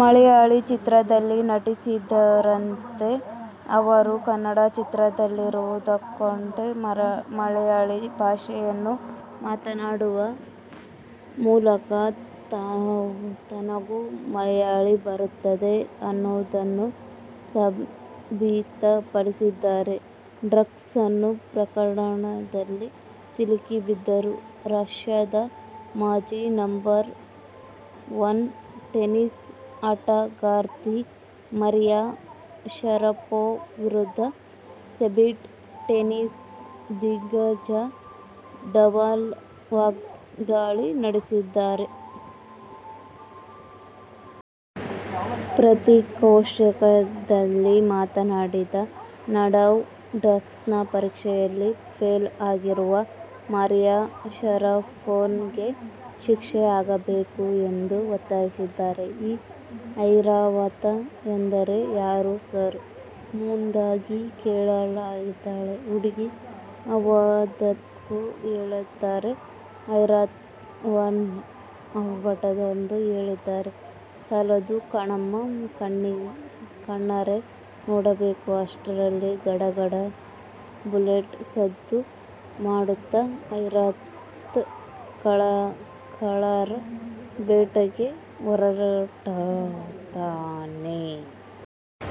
ಮಲಯಾಳಿ ಚಿತ್ರದಲ್ಲಿ ನಟಿಸದಿದ್ದರೇನಂತೆ, ಅವರು ಕನ್ನಡ ಚಿತ್ರದಲ್ಲಿದ್ದುಕೊಂಡೇ ಮಲಯಾಳಿ ಭಾಷೆಯನ್ನು ಮಾತಾಡುವ ಮೂಲಕ ತನಗೂ ಮಲಯಾಳಿ ಬರುತ್ತೆ ಅನ್ನೋದನ್ನು ಸಾಬೀತುಪಡಿಸಿದ್ದಾರೆ. ಡ್ರಗ್ಸ್ ಪ್ರಕರಣದಲ್ಲಿ ಸಿಕ್ಕಿಬಿದ್ದಿರುವ ರಶ್ಯದ ಮಾಜಿ ನಂಬರ್ ಒನ್ ಟೆನಿಸ್ ಆಟಗಾರ್ತಿ ಮರಿಯಾ ಶರಪೋವಾ ವಿರುದ್ಧ ಸ್ಪೇನಿನ ಟೆನಿಸ್ ದಿಗ್ಗಜ ನಡಾಲ್ ವಾಗ್ಧಾಳಿ ನಡೆಸಿದ್ದಾರೆ. ಪತ್ರಿಕಾಗೋಷ್ಠಿಯೊಂದರಲ್ಲಿ ಮಾತನಾಡಿದ ನಡಾಲ್, ಡ್ರಗ್ಸ್ ಪರೀಕ್ಷೆಯಲ್ಲಿ ಫೇಲ್ ಆಗಿರುವ ಮರಿಯಾ ಶರಪೋವಾಗೆ ಶಿಕ್ಷೆ ಆಗಲೇಬೇಕು ಎಂದು ಒತ್ತಾಯಿಸಿದ್ದಾರೆ. ಈ ಐರಾವತ ಅಂದ್ರೆ ಯಾರು ಸಾರ್ ಮುಗ್ಧವಾಗಿ ಕೇಳುತ್ತಾಳೆ ಆ ಹುಡುಗಿ. ಅದಕ್ಕವರು ಹೇಳುತ್ತಾರೆ. ಐರಾವತನ ಆರ್ಭಟವನ್ನ ಹೇಳಿದರೆ ಸಾಲದು ಕಣಮ್ಮ. ಕಣ್ಣಾರೆ ನೋಡಬೇಕು ಅಷ್ಟರಲ್ಲಿ ಗಡಗಡ ಬುಲೆಟ್ ಸದ್ದು ಮಾಡುತ್ತಾ ಐರಾವತ ಖಳರ ಬೇಟೆಗೆ ಹೊರಡುತ್ತಾನೆ.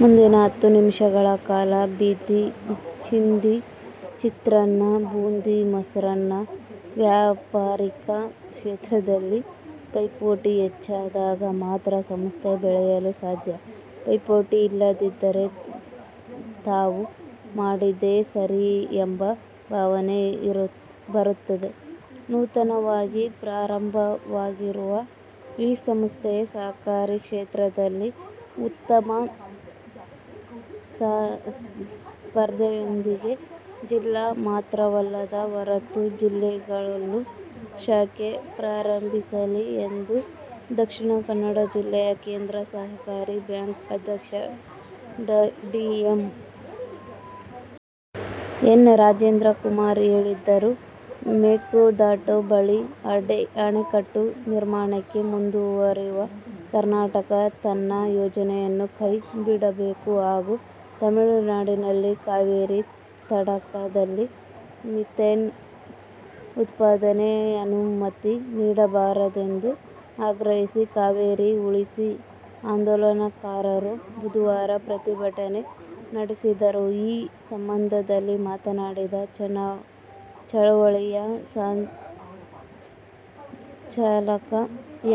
ಮುಂದಿನ ಹತ್ತು ನಿಮಿಷಗಳ ಕಾಲ ಚಿಂದಿ ಚಿತ್ರಾನ್ನ, ಬೂಂದಿ ಮೊಸರನ್ನ. ವ್ಯಾವಹಾರಿಕ ಕ್ಷೇತ್ರದಲ್ಲಿ ಪೈಪೋಟಿ ಹೆಚ್ಚಾದಾಗ ಮಾತ್ರ ಸಂಸ್ಥೆ ಬೆಳೆಯಲು ಸಾಧ್ಯ. ಪೈಪೋಟಿ ಇಲ್ಲದಿದ್ದರೆ ತಾವು ಮಾಡಿದ್ದೇ ಸರಿ ಎಂಬ ಭಾವನೆ ಬರುತ್ತದೆ. ನೂತನವಾಗಿ ಪ್ರಾರಂಭವಾಗಿರುವ ಈ ಸಂಸ್ಥೆ ಸಹಕಾರಿ ಕ್ಷೇತ್ರದಲ್ಲಿ ಉತ್ತಮ ಸ್ಪರ್ಧೆಯೊಂದಿಗೆ ಜಿಲ್ಲೆ ಮಾತ್ರವಲ್ಲ ಹೊರ ಜಿಲ್ಲೆಗಳಲ್ಲೂ ಶಾಖೆ ಪ್ರಾರಂಭಿಸಲಿ ಎಂದು ದಕ್ಷಿಣ ಕನ್ನಡ ಜಿಲ್ಲಾ ಕೇಂದ್ರ ಸಹಕಾರಿ ಬ್ಯಾಂಕ್ನ ಅಧ್ಯಕ್ಷ ಡಾ ಎಂ. ಎನ್. ರಾಜೇಂದ್ರ ಕುಮಾರ್ ಹೇಳಿದರು. ಮೇಕೆದಾಟು ಬಳಿ ಅಣೆಕಟ್ಟು ನಿರ್ಮಾಣಕ್ಕೆ ಮುಂದಾಗಿರುವ ಕರ್ನಾಟಕ ತನ್ನ ಯೋಜನೆಯನ್ನು ಕೈ ಬಿಡಬೇಕು ಹಾಗೂ ತಮಿಳುನಾಡಿನಲ್ಲಿ ಕಾವೇರಿ ತಟದಲ್ಲಿ ಮಿಥೇನ್ ಉತ್ಪಾದನೆಗೆ ಅನುಮತಿ ನೀಡಬಾರದೆಂದು ಆಗ್ರಹಿಸಿ ಕಾವೇರಿ ಉಳಿಸಿ ಆಂದೋಲನಕಾರರು ಬುಧವಾರ ಪ್ರತಿಭಟನೆ ನಡೆಸಿದರು. ಈ ಸಂದರ್ಭದಲ್ಲಿ ಮಾತನಾಡಿದ ಚಳವಳಿಯ ಸಂಚಾಲಕ,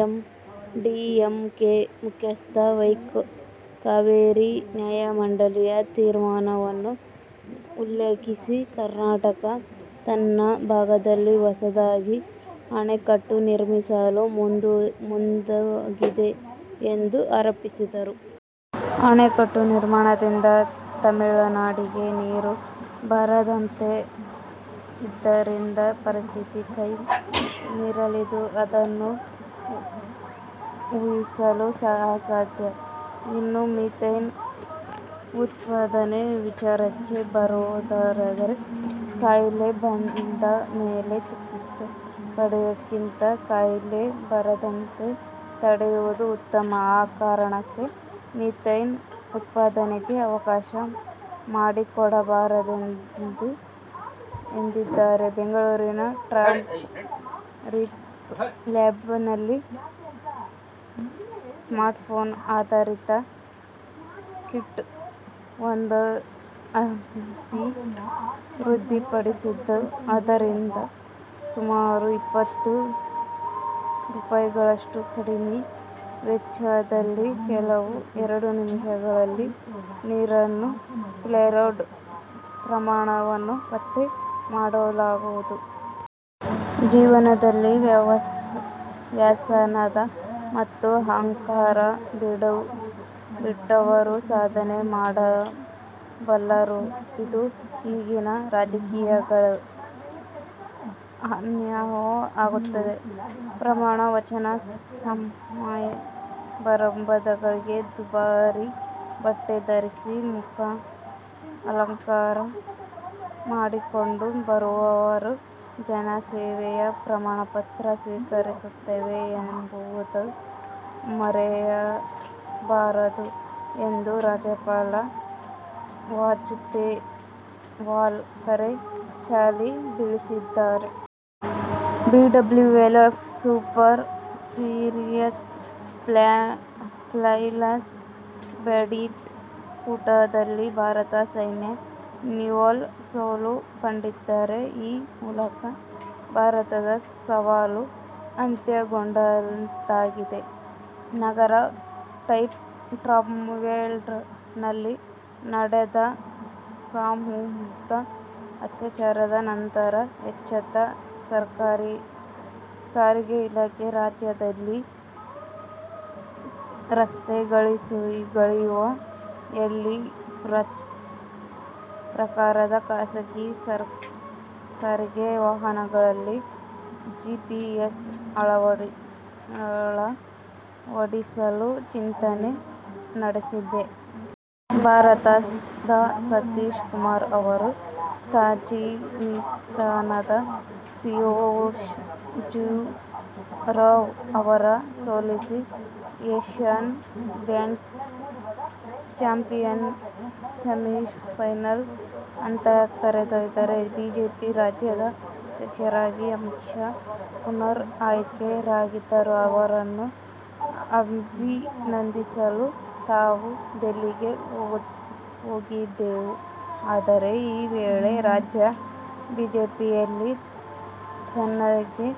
ಎಂಡಿಎಂಕೆ ಮುಖ್ಯಸ್ಥ ವೈಕೋ, ಕಾವೇರಿ ನ್ಯಾಯಮಂಡಳಿ ತೀರ್ಪನ್ನು ಉಲ್ಲಂ ಸಿ ಕರ್ನಾಟಕ ತನ್ನ ಭಾಗದಲ್ಲಿ ಹೊಸದಾಗಿ ಅಣೆಕಟ್ಟು ನಿರ್ಮಿಸಲು ಮುಂದಾಗಿದೆ ಎಂದು ಆರೋಪಿಸಿದರು. ಅಣೆಕಟ್ಟು ನಿರ್ಮಾಣದಿಂದ ತಮಿಳುನಾಡಿಗೆ ನೀರು ಬರದಂತಾಗುತ್ತದೆ. ಇದರಿಂದ ಪರಿಸ್ಥಿತಿ ಕೈ ಮೀರಲಿದ್ದು, ಅದನ್ನು ಊಹಿಸಲು ಅಸಾಧ್ಯ. ಇದನ್ನು ಮಿಥೇನ್ ಉತ್ಪಾದನೆ ವಿಚಾರಕ್ಕೆ ಬರುವುದಾದರೆ, ಕಾಯಿಲೆ ಬಂದ ಮೇಲೆ ಚಿಕಿತ್ಸೆ ಪಡೆಯುವುದಕ್ಕಿಂತ ಕಾಯಿಲೆ ಬರದಂತೆ ತಡೆಯುವುದು ಉತ್ತಮ. ಆದಕಾರಣ ಮಿಥೇನ್ ಉತ್ಪಾದನೆಗೆ ಅವಕಾಶ ಮಾಡಿಕೊಡಬಾರದು ಎಂದಿದ್ದಾರೆ. ಬೆಂಗಳೂರಿನ ಟರ್ನಪ್ ರಿಸರ್ಚ್ ಲ್ಯಾಬ್ಸ್ ನವರು ಸ್ಮಾರ್ಟ್ ಫೋನ್ ಆಧರಿತ ಕಿಟ್ ವೊಂದನ್ನು ಅಭಿವೃದ್ಧಿಪಡಿಸಿದ್ದು, ಇದರಿಂದ ಸುಮಾರು ಇಪ್ಪತ್ತು ರೂಪಾಯಿಗಳಷ್ಟು ಕಡಿಮೆ ವೆಚ್ಚದಲ್ಲಿ, ಕೇವಲ ಎರಡು ನಿಮಿಷಗಳಲ್ಲಿ ನೀರಲ್ಲಿನ ಫ್ಲೊರೈಡ್ ಪ್ರಮಾಣವನ್ನು ಪತ್ತೆ ಮಾಡಬಹುದಾಗಿದೆ. ಜೀವನದಲ್ಲಿ ವ್ಯಸನ ಮತ್ತು ಅಲಂಕಾರ ಬಿಟ್ಟವರು ಸಾಧನೆ ಮಾಡಬಲ್ಲರು. ಇದು ಈಗಿನ ರಾಜಕಾರಣಿಗಳಿಗೂ ಅನ್ವಯ ಆಗುತ್ತದೆ. ಪ್ರಮಾಣ ವಚನ ಸಮಾರಂಭಗಳಿಗೆ ದುಬಾರಿ ಬಟ್ಟೆ ಧರಿಸಿ ಮುಖಾಲಂಕಾರ ಮಾಡಿಕೊಂಡು ಬರುವವರು ಜನರ ಸೇವೆಯ ಪ್ರಮಾಣ ಸ್ವೀಕರಿಸುತ್ತಿದ್ದೇವೆ ಎಂಬುದನ್ನು ಮರೆಯಬಾರದು ಎಂದು ರಾಜ್ಯಪಾಲ ವಜುಭಾಯಿ ವಾಲಾ ಕರೆ ಚಾಟಿ ಬೀಸಿದ್ದಾರೆ. BWF super series finals badminton ಕೂಟದಲ್ಲಿ ಭಾರತದ ಸೈನಾ ನೆಹ್ವಾಲ್ ಸೋಲು ಕಂಡಿದ್ದಾರೆ. ಈ ಮೂಲಕ ಭಾರತದ ಸವಾಲು ಅಂತ್ಯಗೊಂಡಂತಾಗಿದೆ. ನಗರದ ಟೆಂಪೋ ಟ್ರಾವೆಲರ್ ನಲ್ಲಿ ನಡೆದ ಸಾಮೂಹಿಕ ಅತ್ಯಾಚಾರದ ನಂತರ ಎಚ್ಚೆತ್ತ ಸಾರಿಗೆ ಇಲಾಖೆ, ರಾಜ್ಯದಲ್ಲಿ ರಸ್ತೆಗಿಳಿಯುವ ಎಲ್ಲ ಪ್ರಕಾರದ ಖಾಸಗಿ ಸಾರಿಗೆ ವಾಹನಗಳಲ್ಲಿ ಜಿಪಿಎಸ್ ಅಳವಡಿಸಲು ಚಿಂತನೆ ನಡೆಸಿದೆ. ಭಾರತದ ಸತೀಶ್ ಕುಮಾರ್ ಅವರು ತಜಿಕಿಸ್ಥಾನದ ಸಿಯೊವುಶ್ ಜುಖುರೋವ್ ಅವರನ್ನು ಸೋಲಿಸಿ ಏಶ್ಯನ್ ಬಾಕ್ಸಿಂಗ್ ಚಾಂಪಿಯನ್ಶಿಪ್ನ ಸೆಮಿಫೈನಲ್ ಹಂತಕ್ಕೇರಿದ್ದಾರೆ. ಬಿಜೆಪಿ ರಾಷ್ಟ್ರೀಯ ಅಧ್ಯಕ್ಷರಾಗಿ ಅಮಿತ್ ಶಾ ಪುನರಾಯ್ಕೆಯಾಗಿದ್ದಾರೆ. ಅವರನ್ನು ಅಭಿನಂದಿಸಲು ತಾವೂ ದಿಲ್ಲಿಗೆ ಹೋಗಿದ್ದೆವು. ಆದರೆ ಈ ವೇಳೆ ರಾಜ್ಯ ಬಿಜೆಪಿಯಲ್ಲಿ ತನಗೆ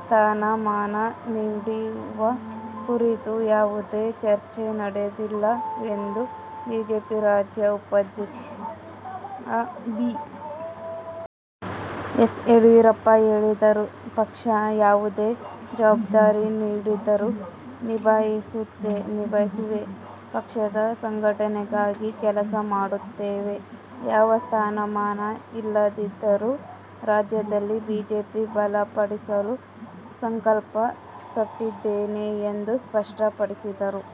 ಸ್ಥಾನ ಮಾನ ನೀಡುವ ಕುರಿತು ಯಾವುದೇ ಚರ್ಚೆ ನಡೆದಿಲ್ಲ ಎಂದು ಬಿಜೆಪಿ ರಾಷ್ಟ್ರೀಯ ಉಪಾಧ್ಯಕ್ಷ ಬಿ. ಎಸ್. ಯಡಿಯೂರಪ್ಪ ಹೇಳಿದರು. ಪಕ್ಷ ಯಾವುದೇ ಜವಾಬ್ದಾರಿ ನೀಡಿದರೂ ನಿಭಾಯಿಸುವೆ. ಪಕ್ಷದ ಸಂಘಟನೆಗಾಗಿ ಕೆಲಸ ಮಾಡುತ್ತೇನೆ. ಯಾವ ಸ್ಥಾನಮಾನ ಇಲ್ಲದಿದ್ದರೂ ರಾಜ್ಯದಲ್ಲಿ ಬಿಜೆಪಿ ಬಲಪಡಿಸಲು ಸಂಕಲ್ಪ ತೊಟ್ಟಿದ್ದೇನೆ ಎಂದು ಸ್ಪಷ್ಟಪಡಿಸಿದರು.